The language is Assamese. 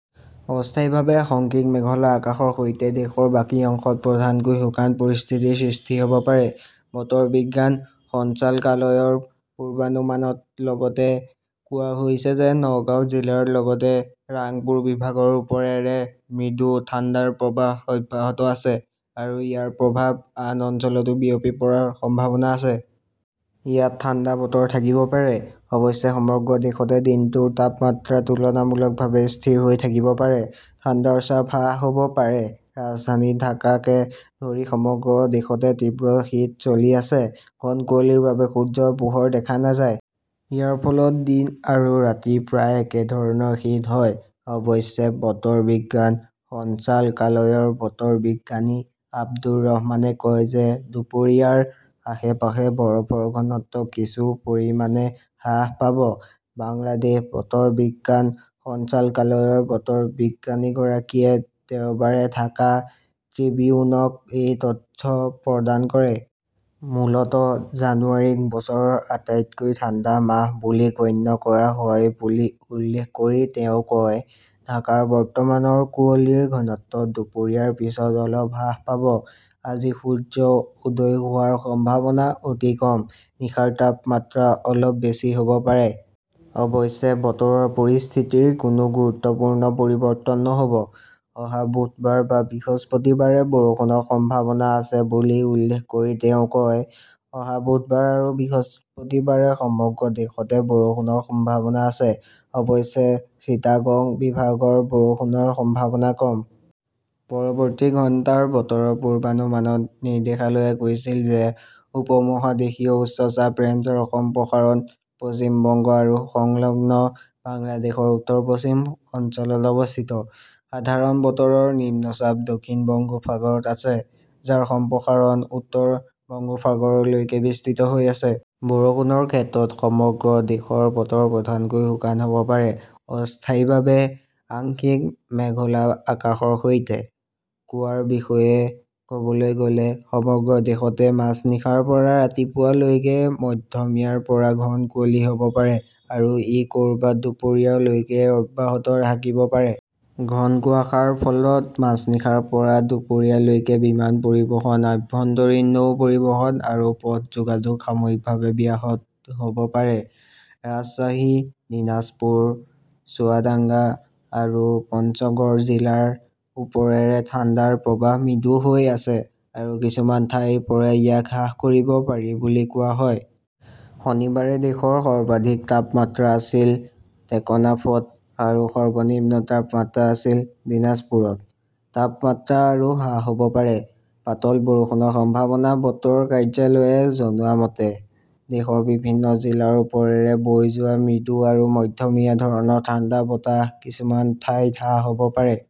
অস্থায়ীভাৱে সংকিন মেঘলা আকাশৰ সৈতে দেশৰ বাকী অংশত প্ৰধানকৈ শুকান পৰিস্থিতিৰ সৃষ্টি হ'ব পাৰে। বতৰ বিজ্ঞান সঞ্চালকালয়ৰ পূৰ্বানুমানত লগতে কোৱা হৈছে যে নওগাঁ জিলাৰ লগতে ৰাংপুৰ বিভাগৰ ওপৰেৰে মৃদু ঠাণ্ডাৰ প্ৰৱাহ অব্যাহত আছে আৰু ইয়াৰ প্ৰভাৱ আন অঞ্চলতো বিয়পি পৰাৰ সম্ভাৱনা আছে। ইয়াত ঠাণ্ডা বতৰ থাকিব পাৰে। অৱশ্যে সমগ্ৰ দেশতে দিনটোৰ তাপমাত্ৰা তুলনামূলকভাৱে স্থিৰ হৈ থাকিব পাৰে। ঠাণ্ডাৰ চাপ হ্ৰাস হ'ব পাৰে ৰাজধানী ঢাকাকে ধৰি সমগ্ৰ দেশতে তীব্ৰ শীত চলি আছে। ঘন কুঁৱলীৰ বাবে সূৰ্যৰ পোহৰ দেখা নাযায়। ইয়াৰ ফলত দিন আৰু ৰাতি প্ৰায় একেধৰণৰ শীত হয়। অৱশ্যে, বতৰ বিজ্ঞান সঞ্চালকালয়ৰ বতৰ বিজ্ঞানী আব্দুৰ ৰহমানে কয় যে দুপৰীয়াৰ আশে-পাশে বৰফৰ ঘনত্ব কিছু পৰিমাণে হ্ৰাস পাব। বাংলাদেশ বতৰ বিজ্ঞান সঞ্চালকালয়ৰ বতৰ বিজ্ঞানীগৰাকীয়ে দেওবাৰে ঢাকা ট্ৰিবিউনক এই তথ্য প্ৰদান কৰে। মূলতঃ জানুৱাৰীক বছৰৰ আটাইতকৈ ঠাণ্ডা মাহ বুলি গণ্য কৰা হয় বুলি উল্লেখ কৰি তেওঁ কয়, ঢাকাৰ বৰ্তমানৰ কুঁৱলীৰ ঘনত্ব দুপৰীয়াৰ পিছত অলপ হ্ৰাস পাব। আজি সূৰ্য উদয় হোৱাৰ সম্ভাৱনা অতি কম। নিশাৰ তাপমাত্ৰা অলপ বেছি হ'ব পাৰে। অৱশ্যে, বতৰৰ পৰিস্থিতিৰ কোনো গুৰুত্বপূৰ্ণ পৰিৱৰ্তন নহ'ব। "অহা বুধবাৰ বা বৃহস্পতিবাৰে বৰষুণৰ সম্ভাৱনা আছে বুলি উল্লেখ কৰি তেওঁ কয়", অহা বুধবাৰ বা বৃহস্পতিবাৰে সমগ্ৰ দেশতে বৰষুণৰ সম্ভাৱনা আছে। অৱশ্যে চিটাগং বিভাগৰ বৰষুণৰ সম্ভাৱনা কম। পৰৱৰ্তী ঘণ্টাৰ বতৰৰ পূৰ্বানুমানত, নিৰ্দেশালয়ে কৈছিল যে উপ-মহাদেশীয় উচ্চ চাপ ৰেঞ্জৰ সম্প্ৰসাৰণ পশ্চিম বংগ আৰু সংলগ্ন বাংলাদেশৰ উত্তৰ-পশ্চিম অঞ্চলত অৱস্থিত। সাধাৰণ বতৰৰ নিম্নচাপ দক্ষিণ বংগোপসাগৰত আছে, যাৰ সম্প্ৰসাৰণ উত্তৰ বংগোপসাগৰলৈকে বিস্তৃত হৈ আছে। বৰষুণৰ ক্ষেত্ৰত, সমগ্ৰ দেশৰ বতৰ প্ৰধানকৈ শুকান হ 'ব পাৰে, অস্থায়ীভাৱে আংশিক মেঘলা আকাশৰ সৈতে। কুৱাৰ বিষয়ে ক'বলৈ গ'লে, সমগ্ৰ দেশতে মাজনিশাৰ পৰা ৰাতিপুৱা লৈকে মধ্যমীয়াৰ পৰা ঘন কুঁৱলী হ'ব পাৰে আৰু ই ক'ৰবাত দুপৰীয়া লৈকে অব্যাহত থাকিব পাৰে। ঘন কুয়াশাৰ ফলত মাজনিশাৰ পৰা দুপৰীয়া লৈকে বিমান পৰিবহণ, আভ্যন্তৰীণ নৌ পৰিবহণ আৰু পথ যোগাযোগ সাময়িকভাৱে ব্যাহত হ'ব পাৰে। ৰাজশ্বাহী, দিনাজপুৰ, চুৱাদাঙ্গা আৰু পঞ্চগড় জিলাৰ ওপৰেৰে ঠাণ্ডাৰ প্ৰবাহ মৃদু হৈ আছে আৰু কিছুমান ঠাইৰ পৰা ইয়াক হ্ৰাস কৰিব পাৰি বুলি কোৱা হয়। শনিবাৰে দেশৰ সৰ্বাধিক তাপমাত্ৰা আছিল টেকনাফত আৰু সৰ্বনিম্ন তাপমাত্ৰা আছিল দিনাজপুৰত। তাপমাত্ৰা আৰু হ্ৰাস হ 'ব পাৰে, পাতল বৰষুণৰ সম্ভাৱনা বতৰ কাৰ্যালয়ে জনোৱা মতে, দেশৰ বিভিন্ন জিলাৰ ওপৰেৰে বৈ যোৱা মৃদু আৰু মধ্যমীয়া ধৰণৰ ঠাণ্ডা বতাহ কিছুমান ঠাইত হ্ৰাস হ'ব পাৰে।